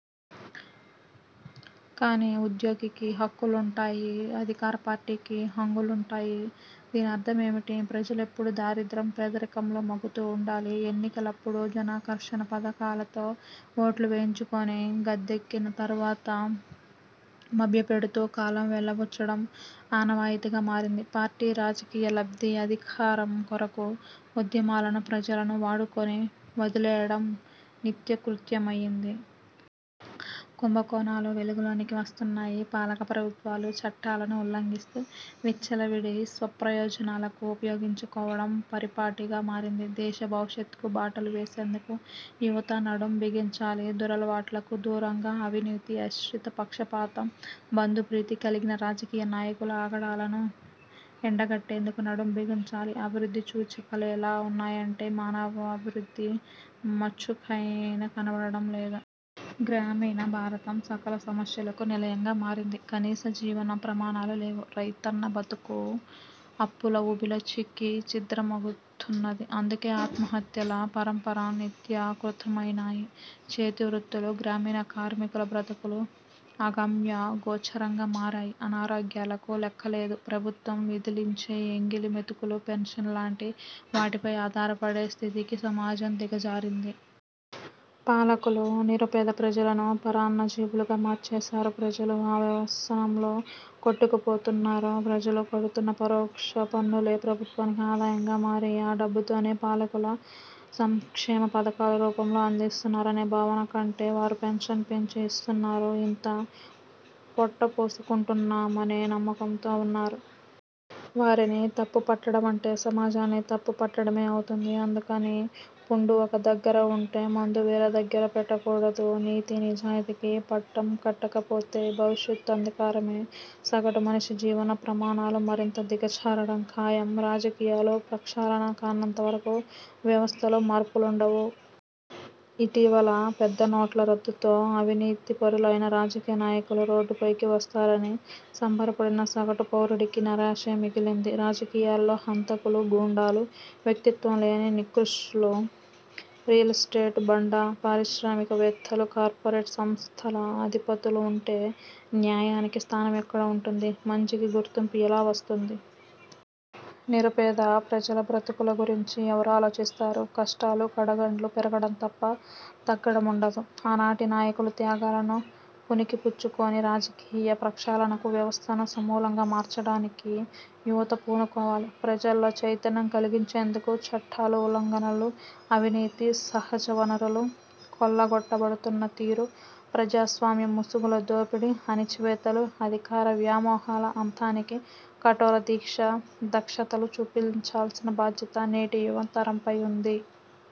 కానీ ఉద్యోగికి హక్కులుంటాయి. అధికార పార్టీకి హంగులుంటాయి? దీనర్థమేమిటి? ప్రజలెప్పుడూ దారిద్య్రం, పేదరికంలో మగ్గుతూ ఉండాలి. ఎన్నికలప్పుడు జనాకర్షణ పథకాలతో ఓట్లు వేయించుకొని గద్దెనెక్కిన తర్వాత మభ్యపెడుతూ కాలం వెలిబుచ్చడం ఆనవాయితీగా మారింది. పార్టీ రాజకీయ లబ్ధి, అధికారం కొరకు ఉద్యమాలను, ప్రజలను వాడుకొని వదిలెయ్యడం నిత్యకృత్యమైంది. కుంభకోణాలు వెలుగులోకి వస్తున్నాయి. పాలక ప్రభుత్వాలు చట్టాలను ఉల్లంఘిస్తూ, విచ్చలవిడి స్వప్రయోజనాలకు ఉపయోగించుకోవడం పరిపాటిగా మారింది. దేశ భవిష్యత్కు బాటలు వేసేందుకు యువత నడుం బిగించాలి. దురలవాట్లకు దూరంగా, అవినీతి, అశ్రితపక్షపాతం, బంధుప్రీతి కలిగిన రాజకీయ నాయకుల ఆగడాలను ఎండకట్టేందుకు నడుం బిగించాలి. అభివృద్ధి సూచికలెలా ఉన్నాయంటే మానవాభివృద్ధి మచ్చుకైన కనబడటం లేదు. గ్రామీణ భారతం సకల సమస్యలకు నిలయంగా మారింది. కనీస జీవన ప్రమాణాలు లేవు. రైతన్న బతుకు అప్పుల ఊబిలో చిక్కి ఛిద్రమవుతున్నది. అందుకే ఆత్మహత్యల పరంపర నిత్యకృత్యమైనాయి. చేతివృత్తులు, గ్రామీణ కార్మికుల బ్రతుకులు అగమ్యగోచరంగా మారాయి. అనారోగ్యాలకు లెక్కలేదు. ప్రభుత్వం విదిలించే ఎంగిలి మెతుకులు పెన్షన్ లాంటి వాటిపై ఆధారపడే స్థితికి సమాజం దిగజారింది. పాలకులు నిరుపేద ప్రజలను పరాన్నజీవులుగా మార్చేసారు. ప్రజలు ఆ వ్యసనంలో కొట్టుకపోతున్నారు. ప్రజలు కడుతున్న పరోక్ష పన్నులే, ప్రభుత్వానికి ఆదాయంగా మారి ఆ డబ్బుతోనే పాలకులు సంక్షేమ పథకాల రూపంలో అందిస్తున్నారనే భావన కంటే, వారు పెన్షన్ పెంచి ఇస్తున్నారు. ఇంత పొట్టపోసుకుంటున్నామనే నమ్మకంతో ఉన్నారు. వారిని తప్పుపట్టడమంటే సమాజాన్ని తప్పుపట్టడమే అవుతుంది. అందుకని పుండు ఒక దగ్గర వుంటే, మందు వేరే దగ్గర పెట్టకూడదు. నీతి, నిజాయితికి పట్టం కట్టకపోతే, భవిష్యత్ అంధకారమే. సగటు మనిషి జీవన ప్రమాణాలు మరింత దిగజారడం ఖాయం. రాజకీయాలు ప్రక్షాళన కానంత వరకు వ్యవస్థలో మార్పులుండవు. ఇటీవల పెద్ద నోట్ల రద్దుతో అవినీతిపరులైన రాజకీయ నాయకులు రోడ్డుపైకి వస్తారని సంబరపడిన సగటు పౌరుడికి నిరాశే మిగిలింది. రాజకీయాలలో హంతకులు, గుండాలు, వ్యక్తిత్వం లేని నికృష్టులు, రియల్ఎస్టేట్, బడా పారిశ్రామికవేత్తలు, కార్పోరేట్ సంస్థల ఆధిపతులు ఉంటే న్యాయానికి స్థానం ఎక్కడ వుంటుంది? మంచికి గుర్తింపు ఎలా వస్తుంది? నిరుపేద ప్రజల బ్రతుకుల గురించి ఎవరాలోచిస్తారు? కష్టాలు, కడగండ్లు పెరగడం తప్ప తగ్గడముండదు. ఆనాటి నాయకుల త్యాగాలను పుణికిపుచ్చుకొని రాజకీయ ప్రక్షాళనకు, వ్యవస్థను సమూలంగా మార్చడానికి యువత పూనుకోవాలి. ప్రజలలో చైతన్యం కలిగించేందుకూ, చట్టాల ఉల్లంఘనలు, అవినీతి, సహజవనరులు కొల్లగొట్టబడుతున్న తీరు, ప్రజాస్వామ్య ముసుగులో దోపిడీ, అణచివేతలు, అధికార వ్యామోహాల అంతానికీ కఠోర దీక్షా దక్షతలు చూపాల్సిన బాధ్యత నేటి యువతరంపై ఉంది.